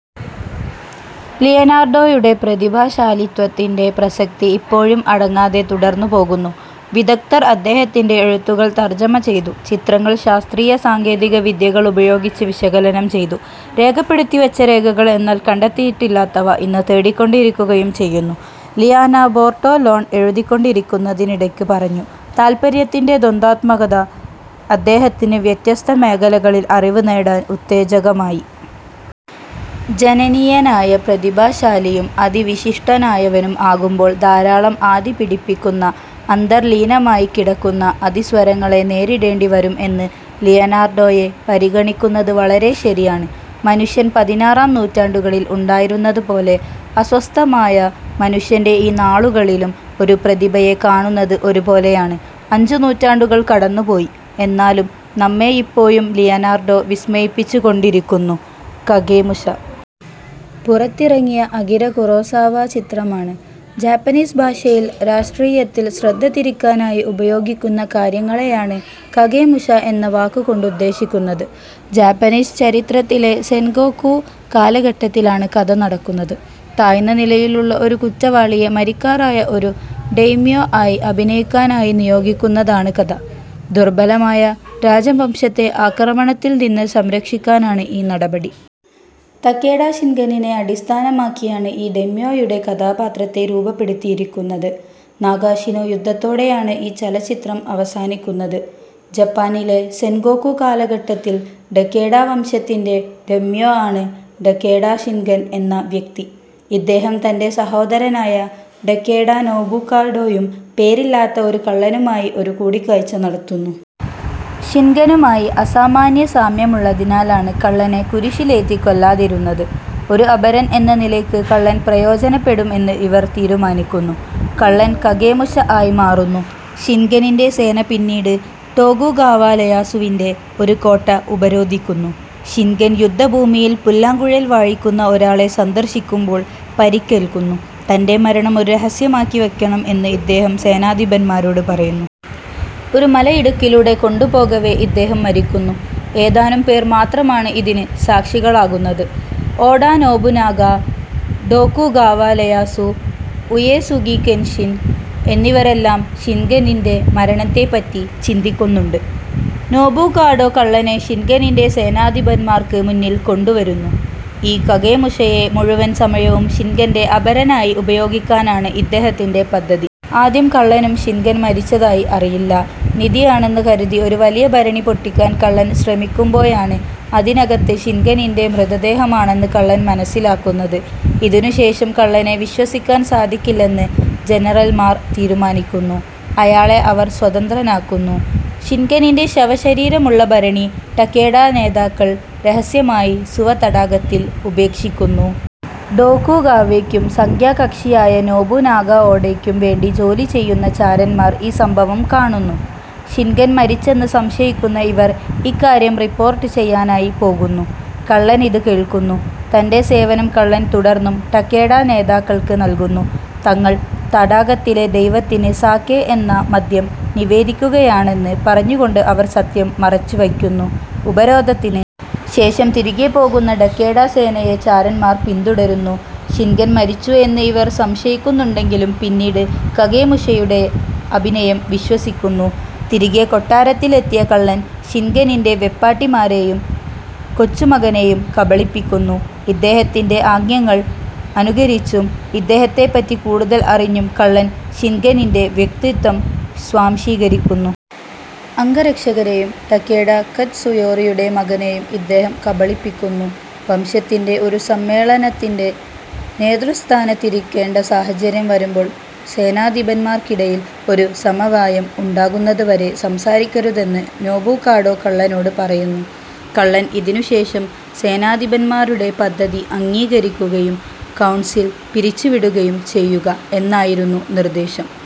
ലിയനാർഡോയുടെ പ്രതിഭാശാലിത്വത്തിൻ്റെ പ്രസക്തി ഇപ്പോഴും അടങ്ങാതെ തുടർന്നുപോകുന്നു. വിദഗ്ദ്ധർ അദ്ദേഹത്തിൻ്റെ എഴുത്തുകൾ തർജ്ജമ ചെയ്തു, ചിത്രങ്ങൾ ശാസ്ത്രീയ സാങ്കേതിക വിദ്യകൾ ഉപയോഗിച്ച് വിശകലനം ചെയ്തു. രേഖപ്പെടുത്തിവച്ച രേഖകൾ, എന്നാൽ കണ്ടെത്തിയിട്ടില്ലാത്തവ, ഇന്ന് തേടിക്കൊണ്ടിരിക്കുകയും ചെയ്യുന്നു. ലിയാനാ ബോർട്ടോലോൺ എഴുതിക്കൊണ്ടിരിക്കുന്നതിനിടയ്ക്ക് പറഞ്ഞു. താത്പര്യത്തിൻ്റെ ദ്വന്ദ്വാത്മകത അദ്ദേഹത്തിന് വ്യത്യസ്ത മേഖലകളിൽ അറിവ് നേടാൻ ഉത്തേജകമായി. ജനനീയനായ പ്രതിഭാശാലിയും അതിവിശിഷ്ടനായവനും ആകുമ്പോൾ ധാരാളം ആധിപിടിപ്പിക്കുന്ന, അന്തർലീനമായി കിടക്കുന്ന അതിസ്വരങ്ങളെ നേരിടേണ്ടി വരും എന്ന് ലിയനാർഡോയെ പരിഗണിക്കുന്നത് വളരെ ശരിയാണ്. മനുഷ്യൻ പതിനാറാം നൂറ്റാണ്ടുകളിൽ ഉണ്ടായിരുന്നതുപോലെ, അസ്വസ്ഥമായ മനുഷ്യൻ്റെ ഈ നാളുകളിലും ഒരു പ്രതിഭയെ കാണുന്നത് ഒരുപോലെയാണ്. അഞ്ച് നൂറ്റാണ്ടുകൾ കടന്നുപോയി, എന്നാലും നമ്മെയിപ്പോഴും ലിയനാർഡോ വിസ്മയിപ്പിച്ചുകൊണ്ടിരിക്കുന്നു. കഗേമുഷ പുറത്തിറങ്ങിയ അകിര കുറോസാവ ചിത്രമാണ്. ജാപ്പനീസ് ഭാഷയിൽ രാഷ്ട്രീയത്തിൽ ശ്രദ്ധതിരിക്കാനായി ഉപയോഗിക്കുന്ന കാര്യങ്ങളെയാണ് കഗേമുഷ എന്ന വാക്കുകൊണ്ടുദ്ദേശിക്കുന്നത്. ജാപ്പനീസ് ചരിത്രത്തിലെ സെൻഗോക്കു കാലഘട്ടത്തിലാണ് കഥ നടക്കുന്നത്. താഴ്ന്ന നിലയിലുള്ള ഒരു കുറ്റവാളിയെ മരിക്കാറായ ഒരു ഡേയ്മ്യോ ആയി അഭിനയിക്കാനായി നിയോഗിക്കുന്നതാണ് കഥ. ദുർബലമായ രാജവംശത്തെ ആക്രമണത്തിൽ നിന്ന് സംരക്ഷിക്കാനാണ് ഈ നടപടി. തകേഡ ഷിൻഗെനിനെ അടിസ്ഥാനമാക്കിയാണ് ഈ ഡേയ്മ്യോയുടെ കഥാപാത്രത്തെ രൂപപ്പെടുത്തിയിരിക്കുന്നത്. നഗാഷിനോ യുദ്ധത്തോടെയാണ് ഈ ചലച്ചിത്രം അവസാനിക്കുന്നത്. ജപ്പാനിലെ സെൻഗോക്കു കാലഘട്ടത്തിൽ ടകേഡ വംശത്തിൻ്റെ ഡേയ്മ്യോ ആണ് ടകേഡ ഷിൻഗെൻ എന്ന വ്യക്തി. ഇദ്ദേഹം തൻ്റെ സഹോദരനായ ടകേഡ നോബുകാഡോയും പേരില്ലാത്ത ഒരു കള്ളനുമായി ഒരു കൂടിക്കാഴ്ച നടത്തുന്നു. ഷിൻഗെനുമായി അസാമാന്യ സാമ്യമുള്ളതിനാലാണ് കള്ളനെ കുരിശിലേറ്റി കൊല്ലാതിരുന്നത്. ഒരു അപരൻ എന്ന നിലയ്ക്ക് കള്ളൻ പ്രയോജനപ്പെടും എന്ന് ഇവർ തീരുമാനിക്കുന്നു. കള്ളൻ കഗേമുഷ ആയിമാറുന്നു. ഷിൻഗെനിൻ്റെ സേന പിന്നീട് ടോകുഗാവ ലെയാസുവിൻ്റെ ഒരു കോട്ട ഉപരോധിക്കുന്നു. ഷിൻഗെൻ യുദ്ധഭൂമിയിൽ പുല്ലാങ്കുഴൽ വായിക്കുന്ന ഒരാളെ സന്ദർശിക്കുമ്പോൾ പരിക്കേൽക്കുന്നു. തൻ്റെ മരണം ഒരു രഹസ്യമാക്കി വയ്ക്കണം എന്ന് ഇദ്ദേഹം സേനാധിപന്മാരോട് പറയുന്നു. ഒരു മലയിടുക്കിലൂടെ കൊണ്ടുപോകവേ ഇദ്ദേഹം മരിക്കുന്നു. ഏതാനും പേർ മാത്രമാണ് ഇതിന് സാക്ഷികളാകുന്നത്. Oda Nobunaga, Tokugawa Ieyasu, Uesugi Kenshin എന്നിവരെല്ലാം ഷിൻഗെനിൻ്റെ മരണത്തെപ്പറ്റി ചിന്തിക്കുന്നുണ്ട്. നോബുകാഡോ കള്ളനെ ഷിൻഗെനിൻ്റെ സേനാധിപന്മാർക്ക് മുന്നിൽ കൊണ്ടുവരുന്നു. ഈ കഗേമുഷയെ മുഴുവൻ സമയവും ഷിൻഗെൻ്റെ അപരനായി ഉപയോഗിക്കാനാണ് ഇദ്ദേഹത്തിൻ്റെ പദ്ധതി. ആദ്യം കള്ളനും ഷിൻഗെൻ മരിച്ചതായി അറിയില്ല. നിധിയാണെന്ന് കരുതി ഒരു വലിയ ഭരണി പൊട്ടിക്കാൻ കള്ളൻ ശ്രമിക്കുമ്പോഴാണ് അതിനകത്ത് ഷിൻഗെനിൻ്റെ മൃതദേഹമാണെന്ന് കള്ളൻ മനസ്സിലാക്കുന്നത്. ഇതിനുശേഷം കള്ളനെ വിശ്വസിക്കാൻ സാധിക്കില്ലെന്ന് ജനറൽമാർ തീരുമാനിക്കുന്നു. അയാളെ അവർ സ്വതന്ത്രനാക്കുന്നു. ഷിൻഗെനിൻ്റെ ശവശരീരമുള്ള ഭരണി ടകേഡ നേതാക്കൾ രഹസ്യമായി സുവ തടാകത്തിൽ ഉപേക്ഷിക്കുന്നു. ടോകുഗാവയ്ക്കും സഖ്യകക്ഷിയായ നോബുനാഗ ഓഡയ്ക്കും വേണ്ടി ജോലി ചെയ്യുന്ന ചാരന്മാർ ഈ സംഭവം കാണുന്നു. ഷിൻഗെൻ മരിച്ചെന്ന് സംശയിക്കുന്ന ഇവർ ഇക്കാര്യം റിപ്പോർട്ട് ചെയ്യാനായി പോകുന്നു. കള്ളൻ ഇത് കേൾക്കുന്നു. തൻ്റെ സേവനം കള്ളൻ തുടർന്നും ടകേഡ നേതാക്കൾക്ക് നൽകുന്നു. തങ്ങൾ തടാകത്തിലെ ദൈവത്തിന് സാകെ എന്ന മദ്യം നിവേദിക്കുകയാണെന്ന് പറഞ്ഞുകൊണ്ട് അവർ സത്യം മറച്ചുവയ്ക്കുന്നു. ഉപരോധത്തിന് ശേഷം തിരികെ പോകുന്ന ടകേഡ സേനയെ ചാരന്മാർ പിന്തുടരുന്നു. ഷിൻഗെൻ മരിച്ചു എന്ന് ഇവർ സംശയിക്കുന്നുണ്ടെങ്കിലും പിന്നീട് കഗേമുഷയുടെ അഭിനയം വിശ്വസിക്കുന്നു. തിരികെ കൊട്ടാരത്തിലെത്തിയ കള്ളൻ ഷിൻഗെനിൻ്റെ വെപ്പാട്ടിമാരെയും കൊച്ചുമകനെയും കബളിപ്പിക്കുന്നു. ഇദ്ദേഹത്തിൻ്റെ ആംഗ്യങ്ങൾ അനുകരിച്ചും ഇദ്ദേഹത്തെപ്പറ്റി കൂടുതൽ അറിഞ്ഞും കള്ളൻ ഷിൻഗെനിൻ്റെ വ്യക്തിത്വം സ്വാംശീകരിക്കുന്നു. അംഗരക്ഷകരെയും ടകേഡ കറ്റ്സുയോറിയുടെ മകനെയും ഇദ്ദേഹം കബളിപ്പിക്കുന്നു. വംശത്തിൻ്റെ ഒരു സമ്മേളനത്തിൻ്റെ നേതൃസ്ഥാനത്തിരിക്കേണ്ട സാഹചര്യം വരുമ്പോൾ സേനാധിപന്മാർക്കിടയിൽ ഒരു സമവായം ഉണ്ടാകുന്നതുവരെ സംസാരിക്കരുതെന്ന് നോബുകാഡോ കള്ളനോട് പറയുന്നു. കള്ളൻ ഇതിനുശേഷം സേനാധിപന്മാരുടെ പദ്ധതി അംഗീകരിക്കുകയും കൗൺസിൽ പിരിച്ചുവിടുകയും ചെയ്യുക എന്നായിരുന്നു നിർദ്ദേശം.